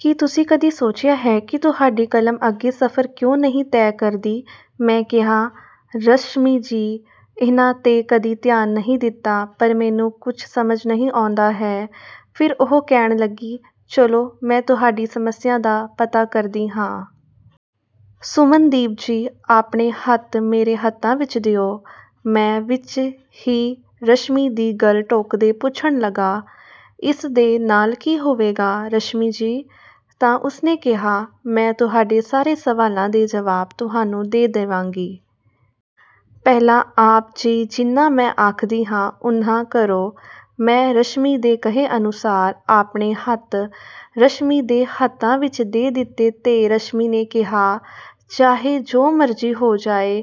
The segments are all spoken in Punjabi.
ਕੀ ਤੁਸੀਂ ਕਦੀ ਸੋਚਿਆ ਹੈ ਕਿ ਤੁਹਾਡੀ ਕਲਮ ਅੱਗੇ ਸਫ਼ਰ ਕਿਉਂ ਨਹੀਂ ਤੈਅ ਕਰਦੀ? ਮੈਂ ਕਿਹਾ, "ਰਸ਼ਮੀ ਜੀ, ਇਹਨਾਂ 'ਤੇ ਕਦੀ ਧਿਆਨ ਨਹੀਂ ਦਿੱਤਾ, ਪਰ ਮੈਨੂੰ ਕੁਝ ਸਮਝ ਨਹੀਂ ਆਉਂਦਾ ਹੈ। ਫਿਰ ਉਹ ਕਹਿਣ ਲੱਗੀ, ਚਲੋ, ਮੈਂ ਤੁਹਾਡੀ ਸਮੱਸਿਆ ਦਾ ਪਤਾ ਕਰਦੀ ਹਾਂ। ਸੁਮਨਦੀਪ ਜੀ, ਆਪਣੇ ਹੱਥ ਮੇਰੇ ਹੱਥਾਂ ਵਿੱਚ ਦਿਓ। ਮੈਂ ਵਿਚ ਹੀ ਰਸ਼ਮੀ ਦੀ ਗੱਲ ਟੋਕਦੇ ਪੁੱਛਣ ਲੱਗਾ, ਇਸ ਦੇ ਨਾਲ ਕੀ ਹੋਵੇਗਾ, ਰਸ਼ਮੀ ਜੀ? ਤਾਂ ਉਸਨੇ ਕਿਹਾ, ਮੈਂ ਤੁਹਾਡੇ ਸਾਰੇ ਸਵਾਲਾਂ ਦੇ ਜਵਾਬ ਤੁਹਾਨੂੰ ਦੇ ਦੇਵਾਂਗੀ। ਪਹਿਲਾਂ ਆਪ ਜੀ ਜਿੰਨਾਂ ਮੈਂ ਆਖਦੀ ਹਾਂ, ਉਨ੍ਹਾਂ ਕਰੋ। ਮੈਂ ਰਸ਼ਮੀ ਦੇ ਕਹੇ ਅਨੁਸਾਰ ਆਪਣੇ ਹੱਥ ਰਸ਼ਮੀ ਦੇ ਹੱਥਾਂ ਵਿੱਚ ਦੇ ਦਿੱਤੇ ਤੇ ਰਸ਼ਮੀ ਨੇ ਕਿਹਾ, ਚਾਹੇ ਜੋ ਮਰਜ਼ੀ ਹੋ ਜਾਏ,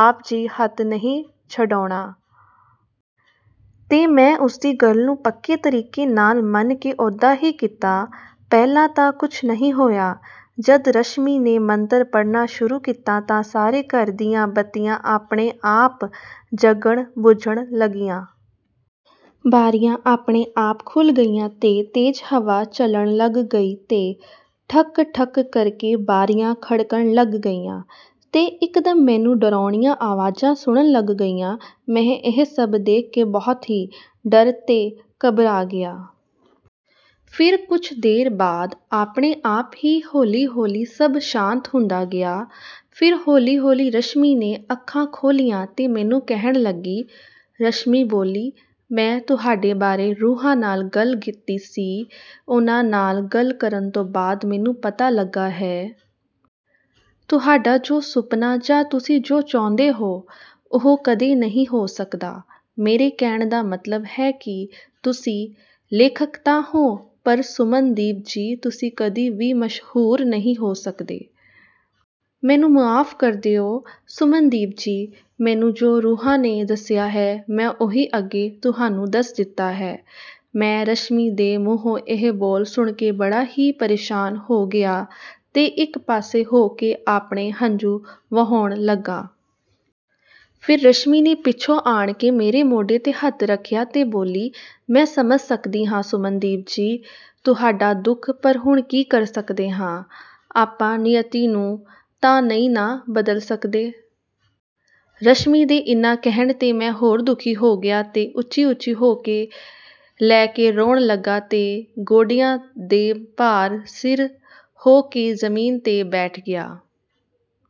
ਆਪ ਜੀ ਹੱਥ ਨਹੀਂ ਛਡਾਉਣਾ। ਤੇ ਮੈਂ ਉਸਦੀ ਗੱਲ ਨੂੰ ਪੱਕੇ ਤਰੀਕੇ ਨਾਲ ਮੰਨ ਕੇ ਓਦਾ ਹੀ ਕੀਤਾ। ਪਹਿਲਾਂ ਤਾਂ ਕੁਝ ਨਹੀਂ ਹੋਇਆ। ਜਦ ਰਸ਼ਮੀ ਨੇ ਮੰਤਰ ਪੜ੍ਹਨਾ ਸ਼ੁਰੂ ਕੀਤਾ ਤਾਂ ਸਾਰੇ ਘਰ ਦੀਆਂ ਬੱਤੀਆਂ ਆਪਣੇ ਆਪ ਜਗਣ-ਬੁਝਣ ਲੱਗੀਆਂ। ਬਾਰੀਆਂ ਆਪਣੇ ਆਪ ਖੁੱਲ੍ਹ ਗਈਆਂ ਤੇ ਤੇਜ਼ ਹਵਾ ਚੱਲਣ ਲੱਗ ਗਈ ਤੇ ਠੱਕ-ਠੱਕ ਕਰਕੇ ਬਾਰੀਆਂ ਖੜਕਣ ਲੱਗ ਗਈਆਂ। ਤੇ ਇਕਦਮ ਮੈਨੂੰ ਡਰਾਉਣੀਆਂ ਆਵਾਜ਼ਾਂ ਸੁਣਨ ਲੱਗ ਗਈਆਂ। ਮੈਂ ਇਹ ਸਭ ਦੇਖ ਕੇ ਬਹੁਤ ਹੀ ਡਰ ਤੇ ਘਬਰਾ ਗਿਆ। ਫਿਰ ਕੁਝ ਦੇਰ ਬਾਅਦ ਆਪਣੇ ਆਪ ਹੀ ਹੌਲੀ-ਹੌਲੀ ਸਭ ਸ਼ਾਂਤ ਹੁੰਦਾ ਗਿਆ। ਫਿਰ ਹੌਲੀ-ਹੌਲੀ ਰਸ਼ਮੀ ਨੇ ਅੱਖਾਂ ਖੋਲ੍ਹੀਆਂ ਤੇ ਮੈਨੂੰ ਕਹਿਣ ਲੱਗੀ। ਰਸ਼ਮੀ ਬੋਲੀ, ਮੈਂ ਤੁਹਾਡੇ ਬਾਰੇ ਰੂਹਾਂ ਨਾਲ ਗੱਲ ਕੀਤੀ ਸੀ। ਉਹਨਾਂ ਨਾਲ ਗੱਲ ਕਰਨ ਤੋਂ ਬਾਅਦ ਮੈਨੂੰ ਪਤਾ ਲੱਗਾ ਹੈ। ਤੁਹਾਡਾ ਜੋ ਸੁਪਨਾ ਜਾਂ ਤੁਸੀਂ ਜੋ ਚਾਹੁੰਦੇ ਹੋ, ਉਹ ਕਦੇ ਨਹੀਂ ਹੋ ਸਕਦਾ। ਮੇਰੇ ਕਹਿਣ ਦਾ ਮਤਲਬ ਹੈ ਕਿ ਤੁਸੀਂ ਲੇਖਕ ਤਾਂ ਹੋ, ਪਰ ਸੁਮਨਦੀਪ ਜੀ, ਤੁਸੀਂ ਕਦੀ ਵੀ ਮਸ਼ਹੂਰ ਨਹੀਂ ਹੋ ਸਕਦੇ। ਮੈਨੂੰ ਮੁਆਫ਼ ਕਰ ਦਿਉ, ਸੁਮਨਦੀਪ ਜੀ। ਮੈਨੂੰ ਜੋ ਰੂਹਾਂ ਨੇ ਦੱਸਿਆ ਹੈ, ਮੈਂ ਉਹੀ ਅੱਗੇ ਤੁਹਾਨੂੰ ਦੱਸ ਦਿੱਤਾ ਹੈ। ਮੈਂ ਰਸ਼ਮੀ ਦੇ ਮੂੰਹੋਂ ਇਹ ਬੋਲ ਸੁਣਕੇ ਬੜਾ ਹੀ ਪਰੇਸ਼ਾਨ ਹੋ ਗਿਆ ਤੇ ਇੱਕ ਪਾਸੇ ਹੋ ਕੇ ਆਪਣੇ ਹੰਝੂ ਵਹਾਉਣ ਲੱਗਾ। ਫਿਰ ਰਸ਼ਮੀ ਨੇ ਪਿੱਛੋਂ ਆਣ ਕੇ ਮੇਰੇ ਮੋਢੇ 'ਤੇ ਹੱਥ ਰੱਖਿਆ ਤੇ ਬੋਲੀ, ਮੈਂ ਸਮਝ ਸਕਦੀ ਹਾਂ, ਸੁਮਨਦੀਪ ਜੀ, ਤੁਹਾਡਾ ਦੁੱਖ, ਪਰ ਹੁਣ ਕੀ ਕਰ ਸਕਦੇ ਹਾਂ? ਆਪਾਂ ਨੀਅਤੀ ਨੂੰ ਤਾਂ ਨਹੀਂ ਨਾ ਬਦਲ ਸਕਦੇ। ਰਸ਼ਮੀ ਦੇ ਇੰਨਾ ਕਹਿਣ 'ਤੇ ਮੈਂ ਹੋਰ ਦੁਖੀ ਹੋ ਗਿਆ ਤੇ ਉੱਚੀ-ਉੱਚੀ ਹੋ ਕੇ ਲੈ ਕੇ ਰੋਣ ਲੱਗਾ ਤੇ ਗੋਡਿਆਂ ਦੇ ਭਾਰ ਸਿਰ ਹੋ ਕੇ ਜ਼ਮੀਨ 'ਤੇ ਬੈਠ ਗਿਆ।